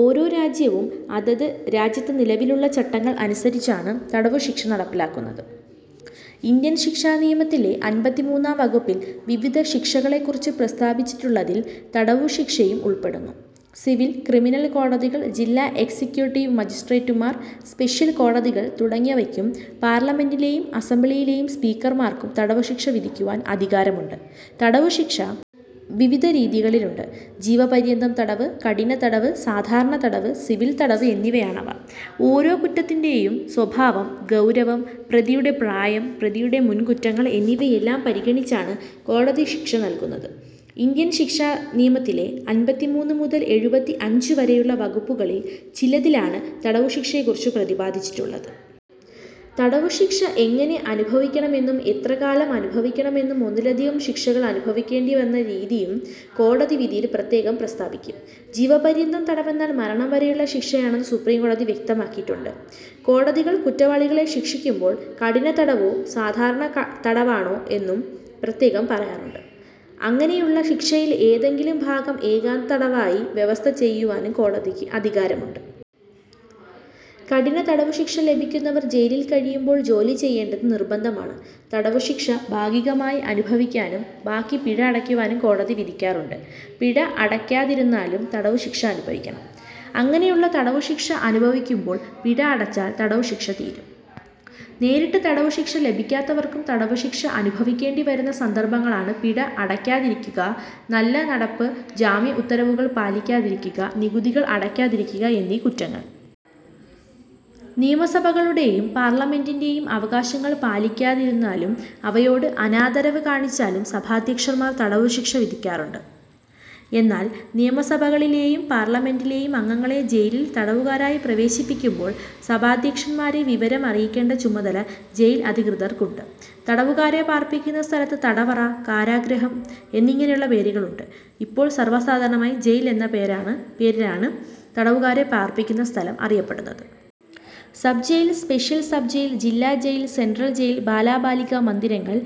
ഓരോ രാജ്യവും അതത് രാജ്യത്ത് നിലവിലുള്ള ചട്ടങ്ങൾ അനുസരിച്ചാണ് തടവുശിക്ഷ നടപ്പിലാക്കുന്നത്. ഇന്ത്യൻ ശിക്ഷാനിയമത്തിലെ അമ്പത്തിമൂന്നാം വകുപ്പിൽ വിവിധ ശിക്ഷകളെക്കുറിച്ച് പ്രസ്താവിച്ചിട്ടുള്ളതിൽ തടവുശിക്ഷയും ഉൾപ്പെടുന്നു. സിവിൽ, ക്രിമിനൽ കോടതികൾ, ജില്ലാ എക്സിക്യൂട്ടീവ് മജിസ്ട്രേട്ടുമാർ, സ്പെഷ്യൽ കോടതികൾ തുടങ്ങിയവയ്ക്കും പാർലമെന്റിലെയും അസംബ്ലിയിലെയും സ്പീക്കർമാർക്കും തടവുശിക്ഷ വിധിക്കുവാൻ അധികാരമുണ്ട്. തടവുശിക്ഷ വിവിധ രീതികളിലുണ്ട്. ജീവപര്യന്തം തടവ്, കഠിനതടവ്, സാധാരണ തടവ്, സിവിൽ തടവ് എന്നിവയാണവ. ഓരോ കുറ്റത്തിൻ്റെ യും സ്വഭാവം, ഗൗരവം, പ്രതിയുടെ പ്രായം, പ്രതിയുടെ മുൻകുറ്റങ്ങൾ എന്നിവയെല്ലാം പരിഗണിച്ചാണ് കോടതി ശിക്ഷ നൽകുന്നത്. ഇന്ത്യൻ ശിക്ഷാനിയമത്തിലെ അമ്പത്തിമൂന്ന് മുതൽ എഴുപത്തിയഞ്ച് വരെയുള്ള വകുപ്പുകളിൽ ചിലതിലാണ് തടവുശിക്ഷയെക്കുറിച്ച് പ്രതിപാദിച്ചിട്ടുള്ളത്. തടവുശിക്ഷ എങ്ങനെ അനുഭവിക്കണമെന്നും എത്രകാലം അനുഭവിക്കണമെന്നും ഒന്നിലധികം ശിക്ഷകൾ അനുഭവിക്കേണ്ട രീതിയും കോടതി വിധിയിൽ പ്രത്യേകം പ്രസ്താവിക്കും. ജീവപര്യന്തം തടവെന്നാൽ മരണം വരെയുള്ള ശിക്ഷയാണെന്ന് സുപ്രീംകോടതി വ്യക്തമാക്കിയിട്ടുണ്ട്. കോടതികൾ കുറ്റവാളികളെ ശിക്ഷിക്കുമ്പോൾ കഠിനതടവാണോ സാധാരണ തടവാണോ എന്ന് പ്രത്യേകം പറയാറുണ്ട്. അങ്ങനെയുള്ള ശിക്ഷയിൽ ഏതെങ്കിലും ഭാഗം ഏകാന്തതടവായി വ്യവസ്ഥ ചെയ്യുവാനും കോടതിക്ക് അധികാരമുണ്ട്. കഠിനതടവുശിക്ഷ ലഭിക്കുന്നവർ ജയിലിൽ കഴിയുമ്പോൾ ജോലി ചെയ്യേണ്ടത് നിർബന്ധമാണ്. തടവുശിക്ഷ ഭാഗികമായി അനുഭവിക്കാനും ബാക്കി പിഴ അടയ്ക്കുവാനും കോടതി വിധിക്കാറുണ്ട്. പിഴ അടയ്ക്കാതിരുന്നാലും തടവുശിക്ഷ അനുഭവിക്കണം. അങ്ങനെയുള്ള തടവുശിക്ഷ അനുഭവിക്കുമ്പോൾ പിഴ അടച്ചാൽ തടവുശിക്ഷ തീരും. നേരിട്ട് തടവുശിക്ഷ ലഭിക്കാത്തവർക്കും തടവുശിക്ഷ അനുഭവിക്കേണ്ടിവരുന്ന സന്ദർഭങ്ങളാണ് പിഴ അടയ്ക്കാതിരിക്കുക, നല്ലനടപ്പ് ജാമ്യ ഉത്തരവുകൾ പാലിക്കാതിരിക്കുക, നികുതികൾ അടയ്ക്കാതിരിക്കുക എന്നീ കുറ്റങ്ങൾ. നിയമസഭകളുടെയും പാർലമെന്റിൻ്റെ യും അവകാശങ്ങൾ പാലിക്കാതിരുന്നാലും അവയോട് അനാദരവ് കാണിച്ചാലും സഭാധ്യക്ഷന്മാർ തടവുശിക്ഷ വിധിക്കാറുണ്ട്. എന്നാൽ നിയമസഭകളിലെയും പാർലമെന്റിലെയും അംഗങ്ങളെ ജയിലിൽ തടവുകാരായി പ്രവേശിപ്പിക്കുമ്പോൾ സഭാധ്യക്ഷന്മാരെ വിവരം അറിയിക്കേണ്ട ചുമതല ജയിൽ അധികൃതർക്കുണ്ട്. തടവുകാരെ പാർപ്പിക്കുന്ന സ്ഥലത്തിന് തടവറ, കാരാഗൃഹം എന്നിങ്ങനെയുള്ള പേരുകളുണ്ട്. ഇപ്പോൾ സർവസാധാരണമായി ജയിൽ എന്ന പേരിലാണ് തടവുകാരെ പാർപ്പിക്കുന്ന സ്ഥലം അറിയപ്പെടുന്നത്. Sub jail, special sub jail, ജില്ലാ ജയിൽ, സെൻട്രൽ ജയിൽ, ബാലബാലികാ മന്ദിരങ്ങൾ,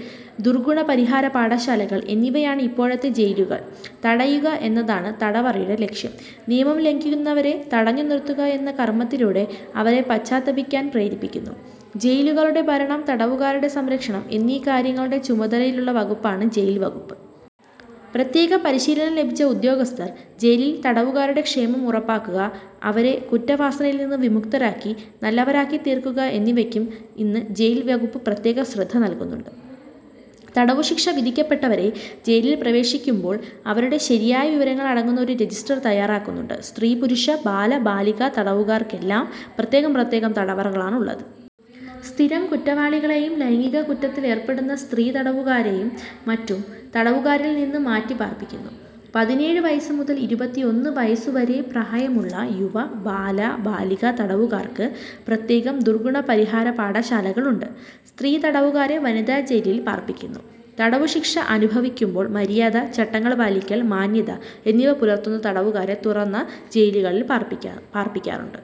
ദുർഗുണപരിഹാര പാഠശാലകൾ എന്നിവയാണ് ഇപ്പോഴുള്ള ജയിലുകൾ. തടയുക എന്നതാണ് തടവറയുടെ ലക്ഷ്യം. നിയമം ലംഘിക്കുന്നവരെ തടഞ്ഞുനിർത്തുക എന്ന കർമ്മത്തിലൂടെ അവരെ പശ്ചാത്തപിക്കാൻ പ്രേരിപ്പിക്കുന്നു. ജയിലുകളുടെ ഭരണം, തടവുകാരുടെ സംരക്ഷണം എന്നീ കാര്യങ്ങളുടെ ചുമതലയുള്ള വകുപ്പാണ് ജയിൽ വകുപ്പ്. പ്രത്യേക പരിശീലനം ലഭിച്ച ഉദ്യോഗസ്ഥർ ജയിലിൽ തടവുകാരുടെ ക്ഷേമം ഉറപ്പാക്കുക, അവരെ കുറ്റവാസനയിൽനിന്ന് വിമുക്തരാക്കി നല്ലവരാക്കിത്തീർക്കുക എന്നിവയ്ക്കും ഇന്ന് ജയിൽ വകുപ്പ് പ്രത്യേക ശ്രദ്ധ നൽകുന്നുണ്ട്. തടവുശിക്ഷ വിധിക്കപ്പെട്ടവരെ ജയിലിൽ പ്രവേശിപ്പിക്കുമ്പോൾ അവരുടെ ശരിയായ വിവരങ്ങൾ അടങ്ങുന്ന ഒരു രജിസ്റ്റർ തയ്യാറാക്കാറുണ്ട്. സ്ത്രീ, പുരുഷ, ബാല, ബാലികാ തടവുകാർക്കെല്ലാം പ്രത്യേകം പ്രത്യേകം തടവറകളാണുള്ളത്. സ്ഥിരം കുറ്റവാളികളെയും ലൈംഗിക കുറ്റത്തിലേർപ്പെടുന്ന സ്ത്രീ തടവുകാരെയും മറ്റു തടവുകാരിൽനിന്ന് മാറ്റി പാർപ്പിക്കുന്നു. പതിനേഴ് വയസ്സുമുതൽ ഇരുപത്തിയൊന്ന് വയസ്സുവരെ പ്രായമുള്ള യുവ, ബാല, ബാലികാ തടവുകാർക്ക് പ്രത്യേകം ദുർഗുണപരിഹാര പാഠശാലകളുണ്ട്. സ്ത്രീ തടവുകാരെ വനിതാ ജയിലിൽ പാർപ്പിക്കുന്നു. തടവുശിക്ഷ അനുഭവിക്കുമ്പോൾ മര്യാദ, ചട്ടങ്ങൾ പാലിക്കൽ, മാന്യത എന്നിവ പുലർത്തുന്ന തടവുകാരെ തുറന്ന ജയിലുകളിൽ പാർപ്പിക്കാറുണ്ട്.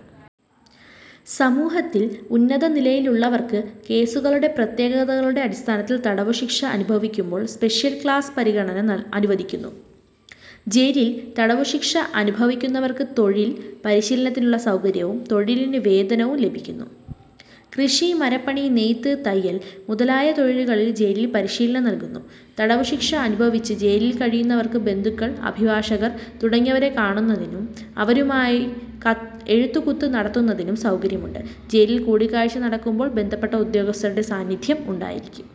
സമൂഹത്തിൽ ഉന്നത നിലയിലുള്ളവർക്ക് കേസുകളുടെ പ്രത്യേകതകളുടെ അടിസ്ഥാനത്തിൽ തടവുശിക്ഷ അനുഭവിക്കുമ്പോൾ സ്പെഷ്യൽ ക്ലാസ് പരിഗണന അനുവദിക്കുന്നു. ജയിലിൽ തടവുശിക്ഷ അനുഭവിക്കുന്നവർക്ക് തൊഴിൽ പരിശീലനത്തിനുള്ള സൗകര്യവും തൊഴിലിന് വേതനവും ലഭിക്കുന്നു. കൃഷി, മരപ്പണി, നെയ്ത്ത്, തയ്യൽ മുതലായ തൊഴിലുകളിൽ ജയിലിൽ പരിശീലനം നൽകുന്നു. തടവുശിക്ഷ അനുഭവിച്ച് ജയിലിൽ കഴിയുന്നവർക്ക് ബന്ധുക്കൾ, അഭിഭാഷകർ തുടങ്ങിയവരെ കാണുന്നതിനും അവരുമായി എഴുത്തുകുത്ത് നടത്തുന്നതിനും സൗകര്യമുണ്ട്. ജയിലിൽ കൂടിക്കാഴ്ച നടക്കുമ്പോൾ ബന്ധപ്പെട്ട ഉദ്യോഗസ്ഥരുടെ സാന്നിധ്യം ഉണ്ടായിരിക്കും.